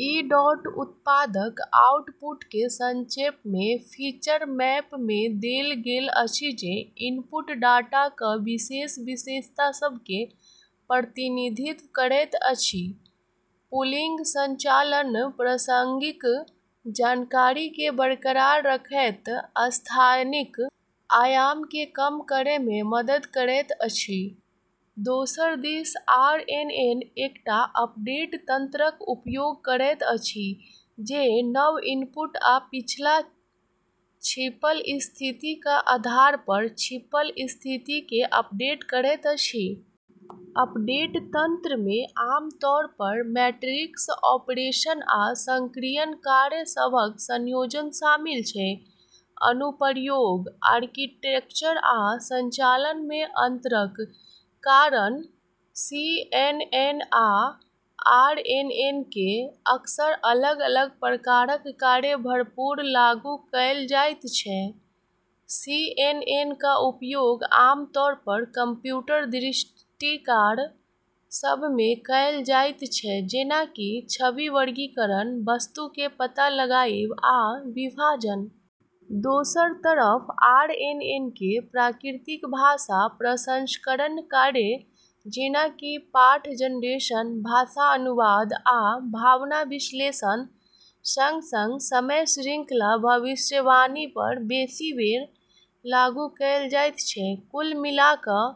ई dot उत्पादक आउटपुटकेँ संक्षेपमे फीचर मैपमे देल गेल अछि जे इनपुट डाटाक विशेष विशेषता सभकेँ प्रतिनिधित्व करैत अछि। पूलिंग संचालन प्रासंगिक जानकारीकेँ बरकरार रखैत स्थानिक आयामकेँ कम करैमे मदद करैत अछि। दोसर दिस आरएनएन एकटा अपडेट तंत्रक उपयोग करैत अछि जे नव इनपुट आ पिछला छिपल स्थितिक आधारपर छिपल स्थितिकेँ अपडेट करैत अछि। अपडेट तंत्रमे आमतौरपर मैट्रिक्स ऑपरेशन आ सक्रियण कार्य सभक संयोजन शामिल छै। अनुप्रयोग: आर्किटेक्चर आ संचालनमे अंतरक कारण सीएनएन आ आरएनएनकेँ अक्सर अलग-अलग प्रकारक कार्य सभपर लागू कएल जाइत छै। सीएनएनक उपयोग आमतौरपर कंप्यूटर दृष्टि कार्य सभमे कएल जाइत छै, जेना कि छवि वर्गीकरण, वस्तुकेँ पता लगाइब, आ विभाजन। दोसर तरफ आरएनएनकेँ प्राकृतिक भाषा प्रसंस्करण कार्य, जेना कि पाठ जनरेशन, भाषा अनुवाद, आ भावना विश्लेषणक संग-संग समय श्रृंखला भविष्यवाणीपर बेसी बेर लागू कएल जाइत छै। कुल मिला कऽ,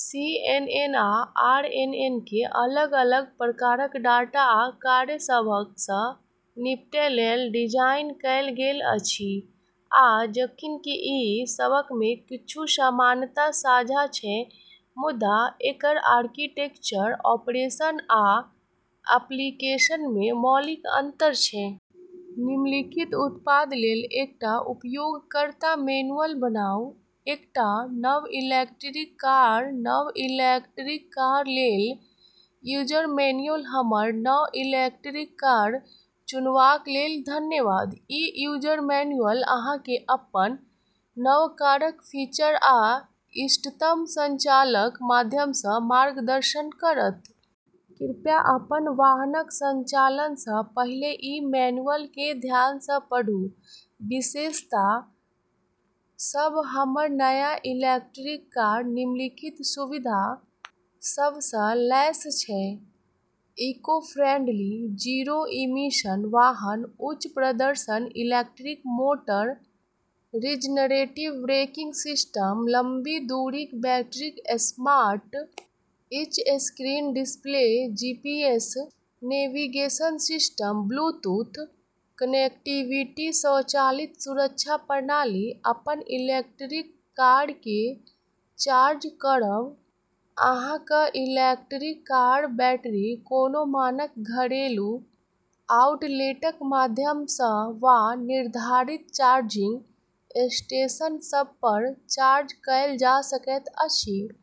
सीएनएन आ आरएनएनकेँ अलग-अलग प्रकारक डाटा आ कार्य सभसँ निपटै लेल डिजाइन कएल गेल अछि, आ जखन कि ई सभमे किछु समानता साझा छै, मुदा एकर आर्किटेक्चर, ऑपरेशन आ एप्लीकेशनमे मौलिक अंतर छै। निम्नलिखित उत्पाद लेल एकटा उपयोगकर्ता मैनुअल बनाउ एकटा नव इलेक्ट्रिक कार नव इलेक्ट्रिक कार लेल यूजर मैनुअल हमर नव इलेक्ट्रिक कार चुनबाक लेल धन्यवाद। ई यूजर मैनुअल अहाँकेँ अपन नव कारक फीचर आ इष्टतम संचालनक माध्यमसँ मार्गदर्शन करत। कृपया अपन वाहनक संचालनसँ पहिले ई मैनुअलकेँ ध्यानसँ पढ़ू। विशेषता सभ हमर नया इलेक्ट्रिक कार निम्नलिखित सुविधा सभसँ लैस छै: इको-फ्रेंडली, जीरो-इमिशन वाहन उच्च प्रदर्शन electric motor regenerative braking system लंबी दूरीक battery smart touchscreen display GPS navigation system Bluetooth connectivity स्वचालित सुरक्षा प्रणाली अपन इलेक्ट्रिक कारकेँ चार्ज करब अहाँक इलेक्ट्रिक कारक बैटरी कोनो मानक घरेलू आउटलेटक माध्यमसँ वा निर्धारित चार्जिंग स्टेशन सभपर चार्ज कएल जा सकैत अछि।